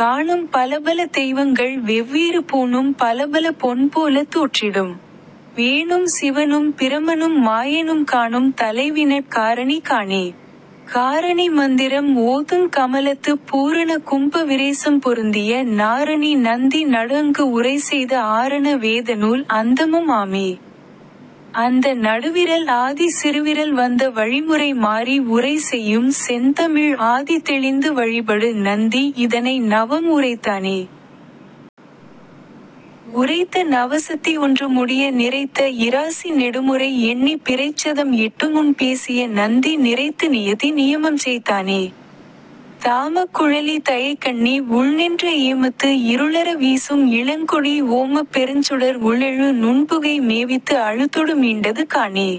காணும் பலபல தெய்வங்கள் வெவ்வேறு பூணும் பலபல பொன்போலத் தோற்றிடும் பேணும் சிவனும் பிரமனும் மாயனும் காணும் தலைவிநற் காரணி காணே. காரணி மந்திரம் ஓதுங் கமலத்துப் பூரண கும்ப விரேசம் பொருந்திய நாரணி நந்தி நடுஅங்கு உரைசெய்த ஆரண வேதநூல் அந்தமும் ஆமே. அந்த நடுவிரல் ஆதி சிறுவிரல் வந்த வழிமுறை மாறி உரை செய்யும் செந்தமிழ் ஆதி தெளிந்து வழிபடு நந்தி இதனை நவம் உரைத்தானே. உரைத்த நவசத்தி ஒன்று முடிய நிரைத்த இராசி நெடுமுறை எண்ணிப் பிரைச்சதம் எட்டுமுன் பேசிய நந்தி நிரைத்து நியதி நியமம்செய் தானே. தாமக் குழலி தயைக்கண்ணி உள்நின்ற ஏமத்து இருளற வீசும் இளங்கொடி ஓமப் பெருஞ்சுடர் உள்எழு நுண்புகை மேவித்து அழுதொடு மீண்டது காணே.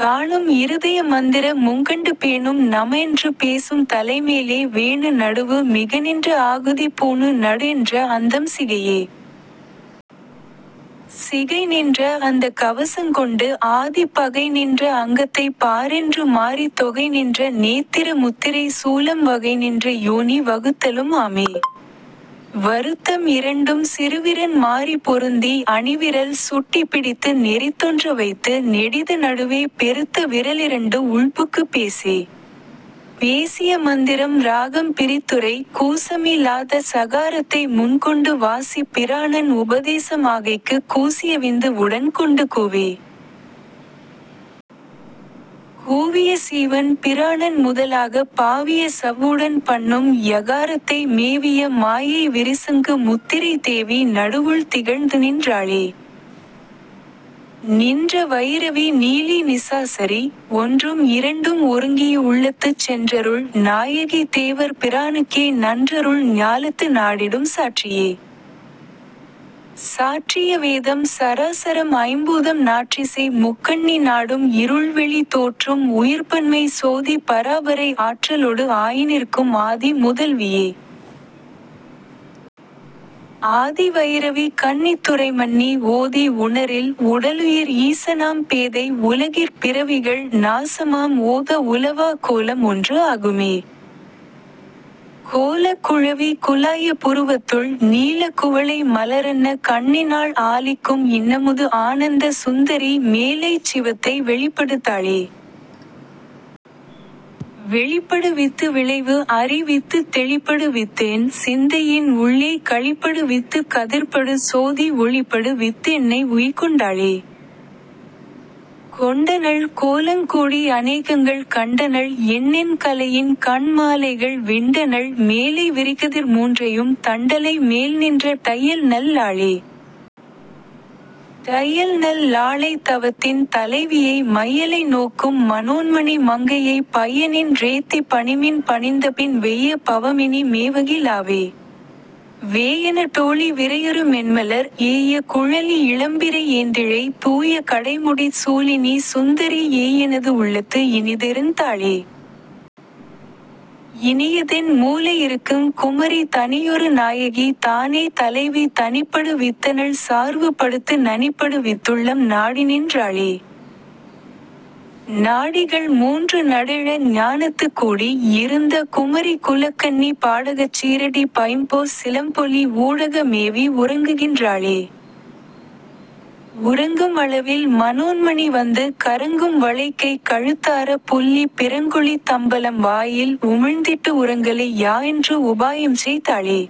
காணும் இருதய மந்திர முங்கண்டு பேணும் நமஎன்று பேசும் தலைமேலே வேணு நடுவு மிகநின்ற ஆகுதி பூணு நடுஎன்ற அந்தம் சிகையே. சிகைநின்ற அந்தக் கவசங்கொண்டு ஆதிப் பகைநின்ற அங்கத்தைப் பாரென்று மாறித் தொகைநின்ற நேத்திர முத்திரை சூலம் வகைநின்ற யோனி வகுத்தலும் ஆமே. வருத்தம் இரண்டும் சிறுவிரன் மாறிப் பொருந்தி அணிவிரல் சுட்டிப் பிடித்து நெரித்தொன்ற வைத்து நெடிது நடுவே பெருத்த விரல்இரண்டு உள்புக்குப் பேசே. பேசிய மந்திரம் இராகம் பிரித்துரை கூசமி லாத சகாரத்தை முன்கொண்டு வாசிப் பிராணன் உபதேசம் ஆகைக்குக் கூசியவிந்து வுடன் கொண்டு கூவே. கூவிய சீவன் பிராணன் முதலாகப் பாவிய சவ்வுடன் பண்ணும் யகாரத்தை மேவிய மாயை விரிசங்கு முத்திரை தேவி நடுவுள் திகழ்ந்துநின் றாளே. நின்ற வயிரவி நீலி நிசாசரி ஒன்றும் இரண்டும் ஒருங்கிய உள்ளத்துச் சென்றருள் நாயகி தேவர் பிரானுக்கே நன்றருள் ஞாலத்து நாடிடும் சாற்றியே.. சாற்றிய வேதம் சராசரம் ஐம்பூதம் நாற்றிசை முக்கண்ணி நாடும் இருள்வெளி தோற்றும் உயிர்ப்பன்மை சோதி பராபரை ஆற்றலொடு ஆய்நிற்கும் ஆதி முதல்வியே. ஆதி வயிரவி கன்னித் துறைமன்னி ஓதி உணரில் உடலுயிர் ஈசனாம் பேதை உலகிற் பிறவிகள் நாசமாம் ஓத உலவாக் கோலம் ஒன்று ஆகுமே. கோலக் குழவி குலாய புருவத்துள் நீலக் குவளை மலரன்ன கண்ணினாள் ஆலிக்கும் இன்னமுது ஆனந்த சுந்தரி மேலைச் சிவத்தை வெளிப்படுத் தாளே. வெளிப்படு வித்து விளைவுஅறி வித்துத் தெளிப்படு வித்துஎன் சிந்தையின் உள்ளே களிப்படு வித்துக் கதிர்ப்படு சோதி ஒளிப்படு வித்துஎன்னை உய்ய்க்கொண்டாளே. கொண்டனள் கோலங் கோடி அநேகங்கள் கண்டனள் எண்ணென் கலையின் கண் மாலைகள் விண்டனள் மேலை விரிகதிர் மூன்றையும் தண்டலை மேல்நின்ற தையல் நல் லாளே. தையல் நல் லாளைத் தவத்தின் தலைவியை மையலை நோக்கும் மனோன்மணி மங்கையைப் பையநின் றேத்திப் பணிமின் பணிந்தபின் வெய்ய பவம்இனி மேவகி லாவே. வேயன தோளி விரையுறு மென்மலர் ஏய குழலி இளம்பிறை ஏந்திழை தூய கடைமுடிச் சூலினி சுந்தரி ஏயெனது உள்ளத்து இனிதுஇருந் தாளே. இனியதென் மூலை இருக்குங் குமரி தனியொரு நாயகி தானே தலைவி தனிப்படு வித்தனள் சார்வு படுத்து நனிப்படு வித்துள்ளம் நாடிநின் றாளே. நாடிகள் மூன்று நடுஎழ ஞானத்துக் கூடி யிருந்த குமரி குலக்கன்னி பாடகச் சீறடிப் பைம்பொற் சிலம்பொலி ஊடக மேவி உறங்குகின் றாளே. உறங்கும் அளவில் மனோன்மணி வந்து கறங்கும் வளைக்கைக் கழுத்தாரப் புல்லிப் பிறங்கொளித் தம்பலம் வாயில் உமிழ்ந்திட்டு உறங்கல்ஐ யாஎன்று உபாயம்செய் தாளே.